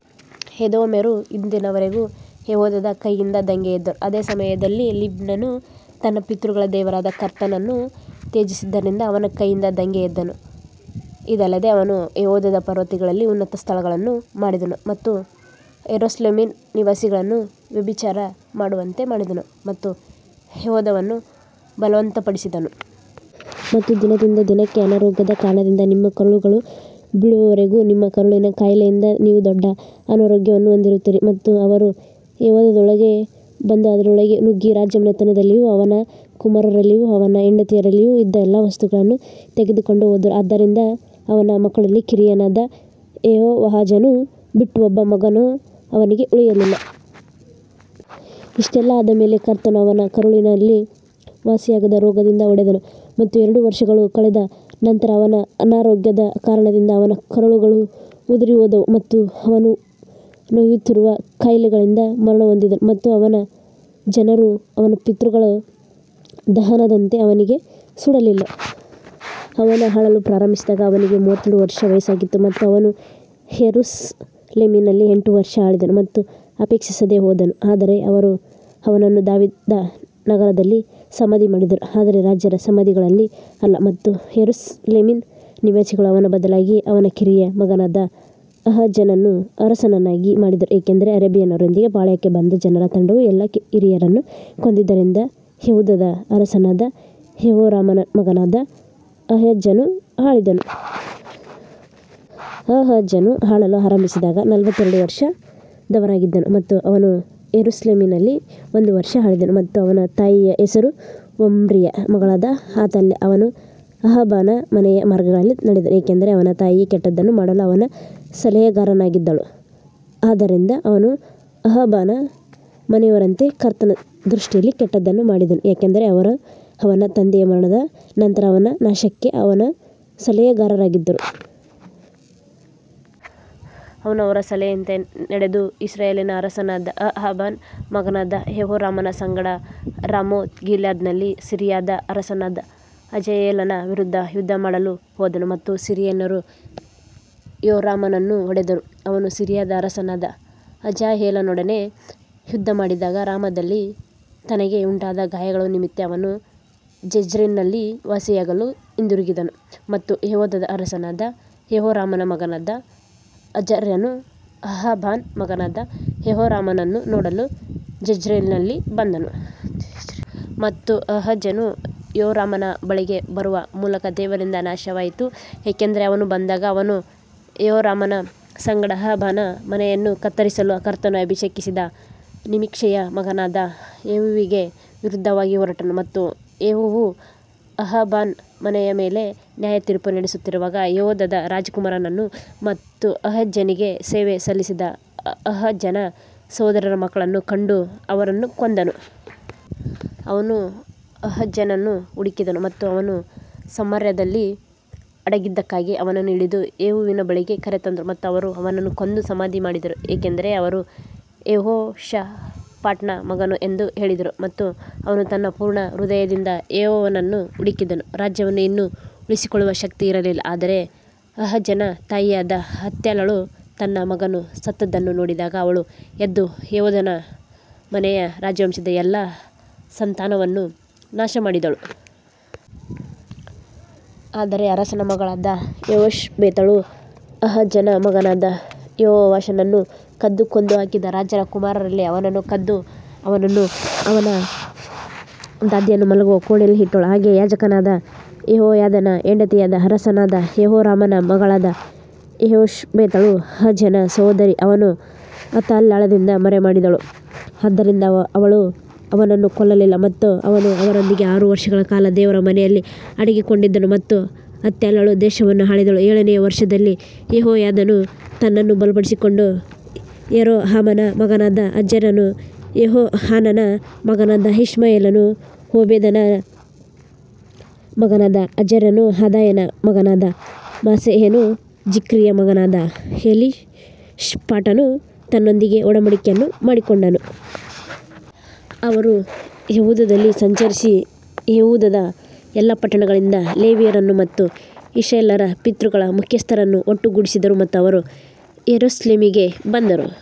ಎದೋಮ್ಯರು ಇಂದಿನ ವರೆಗೂ ಯೆಹೂದದ ಕೈಯಿಂದ ದಂಗೆಯೆದ್ದರು, ಅದೇ ಸಮಯದಲ್ಲಿ ಲಿಬ್ನನು ತನ್ನ ಪಿತೃಗಳ ದೇವರಾದ ಕರ್ತನನ್ನು ತ್ಯಜಿಸಿದ್ದರಿಂದ ಅವನ ಕೈಯಿಂದ ದಂಗೆ ಎದ್ದನು. ಇದಲ್ಲದೆ ಅವನು ಯೆಹೂದದ ಪರ್ವತಗಳಲ್ಲಿ ಉನ್ನತ ಸ್ಥಳಗಳನ್ನು ಮಾಡಿದನು ಮತ್ತು ಯೆರೂಸಲೇಮಿನ ನಿವಾಸಿಗಳನ್ನು ವ್ಯಭಿಚಾರ ಮಾಡುವಂತೆ ಮಾಡಿದನು ಮತ್ತು ಯೆಹೂದವನ್ನು ಬಲವಂತಪಡಿಸಿದನು. ಮತ್ತು ದಿನದಿಂದ ದಿನಕ್ಕೆ ಅನಾರೋಗ್ಯದ ಕಾರಣದಿಂದ ನಿಮ್ಮ ಕರುಳುಗಳು ಬೀಳುವವರೆಗೂ ನಿಮ್ಮ ಕರುಳಿನ ಕಾಯಿಲೆಯಿಂದ ನೀವು ದೊಡ್ಡ ಅನಾರೋಗ್ಯವನ್ನು ಹೊಂದಿರುತ್ತೀರಿ ಮತ್ತು ಅವರು ಯೆಹೂದದೊಳಗೆ ಬಂದು ಅದರೊಳಗೆ ನುಗ್ಗಿ ರಾಜಮನೆತನದಲ್ಲಿಯೂ ಅವನ ಕುಮಾರರಲ್ಲಿಯೂ ಅವನ ಹೆಂಡತಿಯರಲ್ಲಿಯೂ ಇದ್ದ ಎಲ್ಲಾ ವಸ್ತುಗಳನ್ನು ತೆಗೆದುಕೊಂಡು ಹೋದರು, ಆದ್ದರಿಂದ ಅವನ ಮಕ್ಕಳಲ್ಲಿ ಕಿರಿಯನಾದ ಯೆಹೋವಾಹಾಜನ್ನು ಬಿಟ್ಟು ಒಬ್ಬ ಮಗನು ಅವನಿಗೆ ಉಳಿಯಲಿಲ್ಲ. ಇಷ್ಟೆಲ್ಲಾ ಆದ ಮೇಲೆ ಕರ್ತನು ಅವನ ಕರುಳಿನಲ್ಲಿ ವಾಸಿಯಾಗದ ರೋಗದಿಂದ ಹೊಡೆದನು ಮತ್ತು ಎರಡು ವರ್ಷಗಳು ಕಳೆದ ನಂತರ ಅವನ ಅನಾರೋಗ್ಯದ ಕಾರಣದಿಂದ ಅವನ ಕರುಳುಗಳು ಉದುರಿಹೋದವು ಮತ್ತು ಅವನು ನೋಯುತ್ತಿರುವ ಕಾಯಿಲೆಗಳಿಂದ ಮರಣಹೊಂದಿದನು ಮತ್ತು ಅವನ ಜನರು ಅವನ ಪಿತೃಗಳ ದಹನದಂತೆ ಅವನಿಗೆ ಸುಡಲಿಲ್ಲ. ಅವನು ಆಳಲು ಪ್ರಾರಂಭಿಸಿದಾಗ ಅವನಿಗೆ ಮೂವತ್ತೆರಡು ವರ್ಷ ವಯಸ್ಸಾಗಿತ್ತು ಮತ್ತು ಅವನು ಯೆರೂಸಲೇಮಿನಲ್ಲಿ ಎಂಟು ವರ್ಷ ಆಳಿದನು ಮತ್ತು ಅಪೇಕ್ಷಿಸದೆ ಹೋದನು ಆದರೆ ಅವರು ಅವನನ್ನು ದಾವೀದನ ನಗರದಲ್ಲಿ ಸಮಾಧಿ ಮಾಡಿದರು ಆದರೆ ರಾಜರ ಸಮಾಧಿಗಳಲ್ಲಿ ಅಲ್ಲ. ಮತ್ತು ಯೆರೂಸಲೇಮಿನ ನಿವಾಸಿಗಳು ಅವನ ಬದಲಾಗಿ ಅವನ ಕಿರಿಯ ಮಗನಾದ ಅಹಜ್ಯನನ್ನು ಅರಸನನ್ನಾಗಿ ಮಾಡಿದರು, ಏಕೆಂದರೆ ಅರೇಬಿಯನ್ನರೊಂದಿಗೆ ಪಾಳೆಯಕ್ಕೆ ಬಂದ ಜನರ ತಂಡವು ಎಲ್ಲಾ ಹಿರಿಯರನ್ನು ಕೊಂದಿದ್ದರಿಂದ ಯೆಹೂದದ ಅರಸನಾದ ಯೆಹೋರಾಮನ ಮಗನಾದ ಅಹಜ್ಯನು ಆಳಿದನು. ಅಹಜ್ಯನು ಆಳಲು ಆರಂಭಿಸಿದಾಗ ನಲವತ್ತೆರಡು ವರುಷದವನಾಗಿದ್ದನು ಮತ್ತು ಅವನು ಯೆರೂಸಲೇಮಿನಲ್ಲಿ ಒಂದು ವರುಷ ಆಳಿದನು ಮತ್ತು ಅವನ ತಾಯಿಯ ಹೆಸರು ಒಮ್ರಿಯ ಮಗಳಾದ ಅತಾಲ್ಯ. ಅವನು ಅಹಾಬನ ಮನೆಯ ಮಾರ್ಗಗಳಲ್ಲಿ ನಡೆದನು, ಏಕೆಂದರೆ ಅವನ ತಾಯಿಯು ಕೆಟ್ಟದ್ದನ್ನು ಮಾಡಲು ಅವನ ಸಲಹೆಗಾರನಾಗಿದ್ದಳು. ಆದದರಿಂದ ಅವನು ಅಹಾಬನ ಮನೆಯವರಂತೆ ಕರ್ತನ ದೃಷ್ಟಿಯಲ್ಲಿ ಕೆಟ್ಟದ್ದನ್ನು ಮಾಡಿದನು, ಯಾಕಂದರೆ ಅವರು ಅವನ ತಂದೆಯ ಮರಣದ ನಂತರ ಅವನ ನಾಶಕ್ಕೆ ಅವನ ಸಲಹೆಗಾರರಾಗಿದ್ದರು. ಅವನು ಅವರ ಸಲಹೆಯಂತೆ ನಡೆದು ಇಸ್ರಾಯೇಲಿನ ಅರಸನಾದ ಅಹಾಬನ ಮಗನಾದ ಯೆಹೋರಾಮನ ಸಂಗಡ ರಾಮೋತ್ಗಿಲ್ಯಾದ್ನಲ್ಲಿ ಸಿರಿಯಾದ ಅರಸನಾದ ಹಜಾಯೇಲನ ವಿರುದ್ಧ ಯುದ್ಧಮಾಡಲು ಹೋದನು ಮತ್ತು ಸಿರಿಯನ್ನರು ಯೋರಾಮನನ್ನು ಹೊಡೆದರು. ಅವನು ಸಿರಿಯಾದ ಅರಸನಾದ ಹಜಾಯೇಲನೊಡನೆ ಯುದ್ಧಮಾಡಿದಾಗ ರಾಮಾದಲ್ಲಿ ತನಗೆ ಉಂಟಾದ ಗಾಯಗಳ ನಿಮಿತ್ತ ಅವನು ಜೆಜ್ರೇಲಿನಲ್ಲಿ ವಾಸಿಯಾಗಲು ಹಿಂದಿರುಗಿದನು ಮತ್ತು ಯೆಹೂದದ ಅರಸನಾದ ಯೆಹೋರಾಮನ ಮಗನಾದ ಅಜರ್ಯನು ಅಹಾಬನ ಮಗನಾದ ಯೆಹೋರಾಮನನ್ನು ನೋಡಲು ಜೆಜ್ರೇಲಿನಲ್ಲಿ ಬಂದನು. ಮತ್ತು ಅಹಜ್ಯನು ಯೋರಾಮನ ಬಳಿಗೆ ಬರುವ ಮೂಲಕ ದೇವರಿಂದ ನಾಶವಾಯಿತು, ಏಕೆಂದರೆ ಅವನು ಬಂದಾಗ ಅವನು ಯೆಹೋರಾಮನ ಸಂಗಡ ಅಹಾಬನ ಮನೆಯನ್ನು ಕತ್ತರಿಸಲು ಕರ್ತನು ಅಭಿಷೇಕಿಸಿದ ನಿಮ್ಷಿಯ ಮಗನಾದ ಯೇಹುವಿಗೆ ವಿರುದ್ಧವಾಗಿ ಹೊರಟನು. ಮತ್ತು ಯೇಹುವು ಅಹಾಬನ ಮನೆಯ ಮೇಲೆ ನ್ಯಾಯತೀರ್ಪು ನಡೆಸುತ್ತಿರುವಾಗ ಯೆಹೂದದ ರಾಜಕುಮಾರರನ್ನು ಮತ್ತು ಅಹಜ್ಯನಿಗೆ ಸೇವೆ ಸಲ್ಲಿಸಿದ ಅಹಜ್ಯನ ಸಹೋದರರ ಮಕ್ಕಳನ್ನು ಕಂಡು ಅವರನ್ನು ಕೊಂದನು. ಅವನು ಅಹಜ್ಯನನ್ನು ಹುಡುಕಿದನು ಮತ್ತು ಅವನು ಸಮಾರ್ಯದಲ್ಲಿ ಅಡಗಿದ್ದಕ್ಕಾಗಿ ಅವನನ್ನು ಹಿಡಿದು ಯೇಹುವಿನ ಬಳಿಗೆ ಕರೆತಂದರು ಮತ್ತು ಅವರು ಅವನನ್ನು ಕೊಂದು ಸಮಾಧಿ ಮಾಡಿದರು ಏಕೆಂದರೆ ಅವರು ಯೆಹೋಷಾಫಾಟನ ಮಗನು ಎಂದು ಹೇಳಿದರು ಮತ್ತು ಅವನು ತನ್ನ ಪೂರ್ಣ ಹೃದಯದಿಂದ ಯೆಹೋವನನ್ನು ಹುಡುಕಿದನು. ರಾಜ್ಯವನ್ನು ಇನ್ನೂ ಉಳಿಸಿಕೊಳ್ಳುವ ಶಕ್ತಿ ಇರಲಿಲ್ಲ ಆದರೆ ಅಹಜ್ಯನ ತಾಯಿಯಾದ ಅತಲ್ಯಳು ತನ್ನ ಮಗನು ಸತ್ತದ್ದನ್ನು ನೋಡಿದಾಗ ಅವಳು ಎದ್ದು ಯೆಹೂದನ ಮನೆಯ ರಾಜವಂಶದ ಎಲ್ಲಾ ಸಂತಾನವನ್ನು ನಾಶಮಾಡಿದಳು. ಆದರೆ ಅರಸನ ಮಗಳಾದ ಯೆಹೋಷಬೇತಳು ಅಹಜ್ಯನ ಮಗನಾದ ಯೋವಾಷನನ್ನು ಕದ್ದು ಕೊಂದುಹಾಕಿದ ರಾಜರ ಕುಮಾರರಲ್ಲಿ ಅವನನ್ನು ಕದ್ದು ಅವನನ್ನೂ ಅವನ ದಾದಿಯನ್ನೂ ಮಲಗುವ ಕೋಣೆಯಲ್ಲಿ ಇಟ್ಟಳು, ಹಾಗೆಯೇ ಯಾಜಕನಾದ ಯೆಹೋಯಾದನ ಹೆಂಡತಿಯಾದ ಅರಸನಾದ ಯೆಹೋರಾಮನ ಮಗಳಾದ ಯೆಹೋಷಬೇತಳು ಅಹಜ್ಯನ ಸಹೋದರಿ ಅವನನ್ನು ಅಥಾಲ್ಯಳಿಂದ ಮರೆಮಾಡಿದಳು, ಆದ್ದರಿಂದ ಅವಳು ಅವನನ್ನು ಕೊಲ್ಲಲಿಲ್ಲ ಮತ್ತು ಅವನು ಅವರೊಂದಿಗೆ ಆರು ವರ್ಷಗಳ ಕಾಲ ದೇವರ ಮನೆಯಲ್ಲಿ ಅಡಗಿಕೊಂಡಿದ್ದನು ಮತ್ತು ಅಥಾಲ್ಯಳು ದೇಶವನ್ನು ಆಳಿದಳು ಏಳನೆಯ ವರುಷದಲ್ಲಿ ಯೆಹೋಯಾದನು ತನ್ನನ್ನು ಬಲಪಡಿಸಿಕೊಂಡು ಯೆರೋಹಾಮನ ಮಗನಾದ ಅಜರ್ಯನೂ ಯೆಹೋಹಾನಾನನ ಮಗನಾದ ಇಷ್ಮಾಯೇಲನೂ ಓಬೇದನ ಮಗನಾದ ಅಜರ್ಯನೂ ಆದಾಯನ ಮಗನಾದ ಮಾಸೇಯನೂ ಜಿಕ್ರಿಯ ಮಗನಾದ ಎಲೀಷಾಫಾಟನೂ ತನ್ನೊಂದಿಗೆ ಒಡಂಬಡಿಕೆಯನ್ನು ಮಾಡಿಕೊಂಡನು. ಅವರು ಯೆಹೂದದಲ್ಲಿ ಸಂಚರಿಸಿ ಯೆಹೂದದ ಎಲ್ಲಾ ಪಟ್ಟಣಗಳಿಂದ ಲೇವಿಯರನ್ನು ಮತ್ತು ಇಸ್ರಾಯೇಲ್ಯರ ಪಿತೃಗಳ ಮುಖ್ಯಸ್ಥರನ್ನು ಒಟ್ಟುಗೂಡಿಸಿದರು ಮತ್ತು ಅವರು ಯೆರೂಸಲೇಮಿಗೆ ಬಂದರು.